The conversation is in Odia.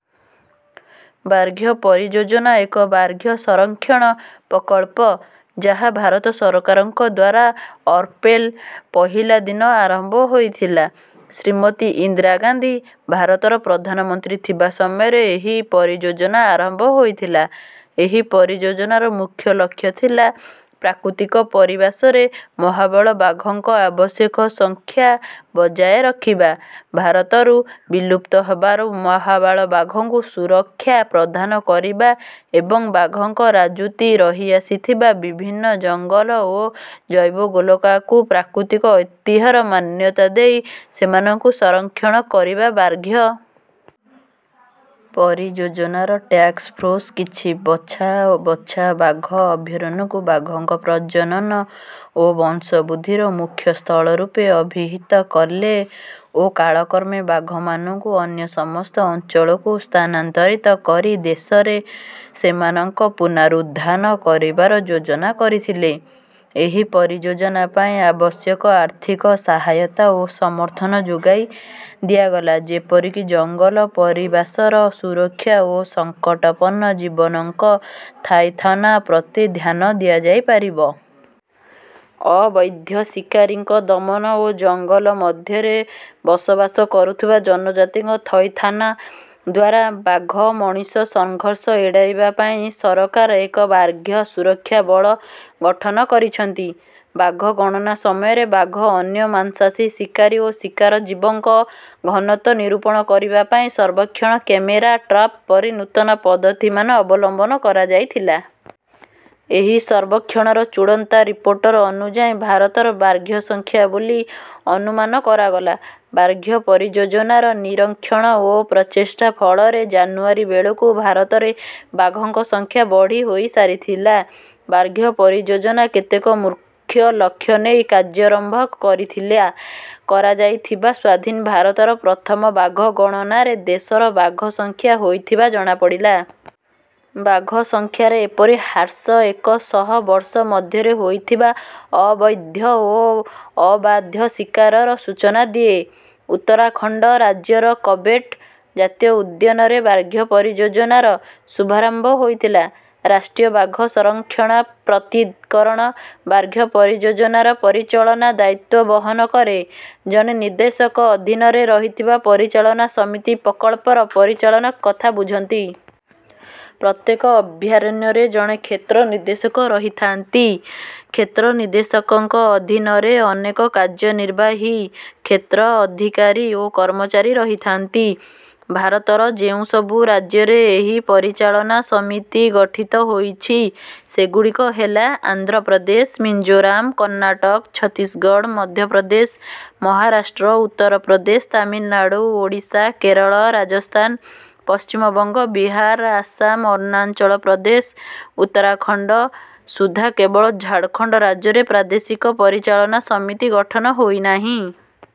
ବ୍ୟାର୍ଘ ପରିଯୋଜନା ଏକ ବ୍ୟାଘ୍ର ସଂରକ୍ଷଣ ପ୍ରକଳ୍ପ, ଯାହା ଭାରତ ସରକାରଙ୍କ ଦ୍ୱାରା ଅପ୍ରେଲ୍ ପହିଲା ଦିନ ଆରମ୍ଭ ହୋଇଥିଲା। ଶ୍ରୀମତୀ ଇନ୍ଦିରା ଗାନ୍ଧୀ ଭାରତର ପ୍ରଧାନମନ୍ତ୍ରୀ ଥିବା ସମୟରେ ଏହି ପରିଯୋଜନା ଆରମ୍ଭ ହୋଇଥିଲା। ଏହି ପରିଯୋଜନାର ମୁଖ୍ୟ ଲକ୍ଷ୍ୟ ଥିଲା ପ୍ରାକୃତିକ ପରିବାସରେ ମହାବଳ ବାଘଙ୍କ ଆବଶ୍ୟକ ସଂଖ୍ୟା ବଜାୟ ରଖିବା, ଭାରତରୁ ବିଲୁପ୍ତ ହବାରୁ ମହାବଳ ବାଘଙ୍କୁ ସୁରକ୍ଷା ପ୍ରଦାନ କରିବା ଏବଂ ବାଘଙ୍କ ରାଜୁତି ରହିଆସିଥିବା ବିଭିନ୍ନ ଜଙ୍ଗଲ ଓ ଜୈବଗୋଲକକୁ ପ୍ରାକୃତିକ ଐତିହ୍ୟର ମାନ୍ୟତା ଦେଇ ସେମାନଙ୍କ ସଂରକ୍ଷଣ କରିବା। ବ୍ୟାର୍ଘ ପରିଯୋଜନାର ଟାସ୍କ୍ ଫ୍ରୋର୍ସ୍ କିଛି ବଛା ବଛା ବାଘ ଅଭୟାରଣ୍ୟକୁ ବାଘଙ୍କ ପ୍ରଜନନ ଓ ବଂଶବୃଦ୍ଧିର ମୁଖ୍ୟ ସ୍ଥଳ ରୂପେ ଅଭିହିତ କଲେ ଓ କାଳକର୍ମେ ବାଘମାନଙ୍କୁ ଅନ୍ୟ ସମସ୍ତ ଅଞ୍ଚଳକୁ ସ୍ଥାନାନ୍ତରିତ କରି ଦେଶରେ ସେମାନଙ୍କ ପୁନରୁଧାନ କରିବାର ଯୋଜନା କରିଥିଲେ। ଏହି ପରିଯୋଜନା ପାଇଁ ଆବଶ୍ୟକୀୟ ଆର୍ଥିକ ସାହାୟତା ଓ ସମର୍ଥନ ଯୋଗାଇ ଦିଆଗଲା, ଯେପରିକି ଜଙ୍ଗଲ ପରିବାସର ସୁରକ୍ଷା ଓ ସଙ୍କଟାପନ୍ନ ଜୀବଙ୍କ ଥଇଥାନ ପ୍ରତି ଧ୍ୟାନ ଦିଆଯାଇପାରିବ। ଅବୈଧ ଶିକାରୀଙ୍କ ଦମନ ଓ ଜଙ୍ଗଲ ମଧ୍ୟରେ ବସବାସ କରୁଥିବା ଜନଜାତିଙ୍କ ଥଇଥାନ ଦ୍ୱାରା ବାଘ ମଣିଷ ସଂଘର୍ଷ ଏଡ଼ାଇବା ପାଇଁ ସରକାର ଏକ ବ୍ୟାର୍ଘ୍ୟ ସୁରକ୍ଷା ବଳ ଗଠନ କରିଛନ୍ତି। ବାଘ ଗଣନା ସମୟରେ ବାଘ, ଅନ୍ୟ ମାଂସାସୀ ଶିକାରୀ ଓ ଶିକାର ଜୀବଙ୍କ ଘନତା ନିରୂପଣ କରିବା ପାଇଁ ସର୍ବକ୍ଷଣ, କ୍ୟାମେରା ଟ୍ରପ୍ ପରି ନୂତନ ପଦ୍ଧତିମାନ ଅବଲମ୍ବନ କରାଯାଇଥିଲା। ଏହି ସର୍ବକ୍ଷଣର ଚୂଡ଼ାନ୍ତ ରିପୋର୍ଟ ଅନୁଯାୟୀ ଭାରତର ବ୍ୟା ର୍ଘ୍ୟ ସଂଖ୍ୟା ବୋଲି ଅନୁମାନ କରାଗଲା। ବ୍ୟାର୍ଘ୍ୟ ପରିଯୋଜନାର ନିରୀକ୍ଷଣ ଓ ପ୍ରଚେଷ୍ଟା ଫଳରେ ଜାନୁଆରୀ ବେଳକୁ ଭାରତରେ ବାଘଙ୍କ ସଂଖ୍ୟା ବଢ଼ି ହୋଇସାରିଥିଲା। ବ୍ୟାର୍ଘ୍ୟ ପରିଯୋଜନା କେତେକ ମୁରକ୍ଷ୍ୟ ଲକ୍ଷ୍ୟ ନେଇ କାର୍ଯ୍ୟାରମ୍ଭ କରିଥିଲା। କରାଯାଇଥିବା ସ୍ୱାଧୀନ ଭାରତର ପ୍ରଥମ ବାଘ ଗଣନାରେ ଦେଶର ବାଘ ସଂଖ୍ୟା ହୋଇଥିବା ଜଣାପଡ଼ିଲା। ବାଘସଂଖ୍ୟାରେ ଏପରି ହ୍ରାସ ଏକ ଶହ ବର୍ଷ ମଧ୍ୟରେ ହୋଇଥିବା ଅବୈଧ ଓ ଅବାଧ ଶିକାରର ସୂଚନା ଦିଏ। ଉତ୍ତରାଖଣ୍ଡ ରାଜ୍ୟର କର୍ବେଟ୍ ଜାତୀୟ ଉଦ୍ୟାନରେ ବ୍ୟାଘ୍ର ପରିଯୋଜନାର ଶୁଭାରମ୍ଭ ହୋଇଥିଲା। ରାଷ୍ଟ୍ରୀୟ ବାଘ ସଂରକ୍ଷଣ ପ୍ରତିକରଣ ବ୍ୟାର୍ଘ୍ୟ ପରିଯୋଜନାର ପରିଚଳନା ଦାୟିତ୍ୱ ବହନ କରେ। ଜଣେ ନିର୍ଦ୍ଦେଶକ ଅଧୀନରେ ରହିଥିବା ପରିଚାଳନା ସମିତି ପ୍ରକଳ୍ପର ପରିଚାଳନା କଥା ବୁଝନ୍ତି। ପ୍ରତ୍ୟେକ ଅଭୟାରଣ୍ୟରେ ଜଣେ କ୍ଷେତ୍ର ନିର୍ଦ୍ଦେଶକ ରହିଥାନ୍ତି। କ୍ଷେତ୍ର ନିର୍ଦ୍ଦେଶକଙ୍କ ଅଧୀନରେ ଅନେକ କାର୍ଯ୍ୟନିର୍ବାହୀ, କ୍ଷେତ୍ର ଅଧିକାରୀ ଓ କର୍ମଚାରୀ ରହିଥାନ୍ତି। ଭାରତର ଯେଉଁସବୁ ରାଜ୍ୟରେ ଏହି ପରିଚାଳନା ସମିତି ଗଠିତ ହୋଇଛି, ସେଗୁଡ଼ିକ ହେଲା ଆନ୍ଧ୍ର ପ୍ରଦେଶ, ମିଜୋରାମ, କର୍ଣ୍ଣାଟକ, ଛତିଶଗଡ଼, ମଧ୍ୟପ୍ରଦେଶ, ମହାରାଷ୍ଟ୍ର, ଉତ୍ତର ପ୍ରଦେଶ, ତାମିଲନାଡ଼ୁ, ଓଡ଼ିଶା, କେରଳ, ରାଜସ୍ଥାନ, ପଶ୍ଚିମବଙ୍ଗ, ବିହାର, ଆସାମ, ଅରୁଣାଚଳ ପ୍ରଦେଶ, ଉତ୍ତରାଖଣ୍ଡ। ସୁଦ୍ଧା କେବଳ ଝାଡ଼ଖଣ୍ଡ ରାଜ୍ୟରେ ପ୍ରାଦେଶିକ ପରିଚାଳନା ସମିତି ଗଠନ ହୋଇନାହିଁ।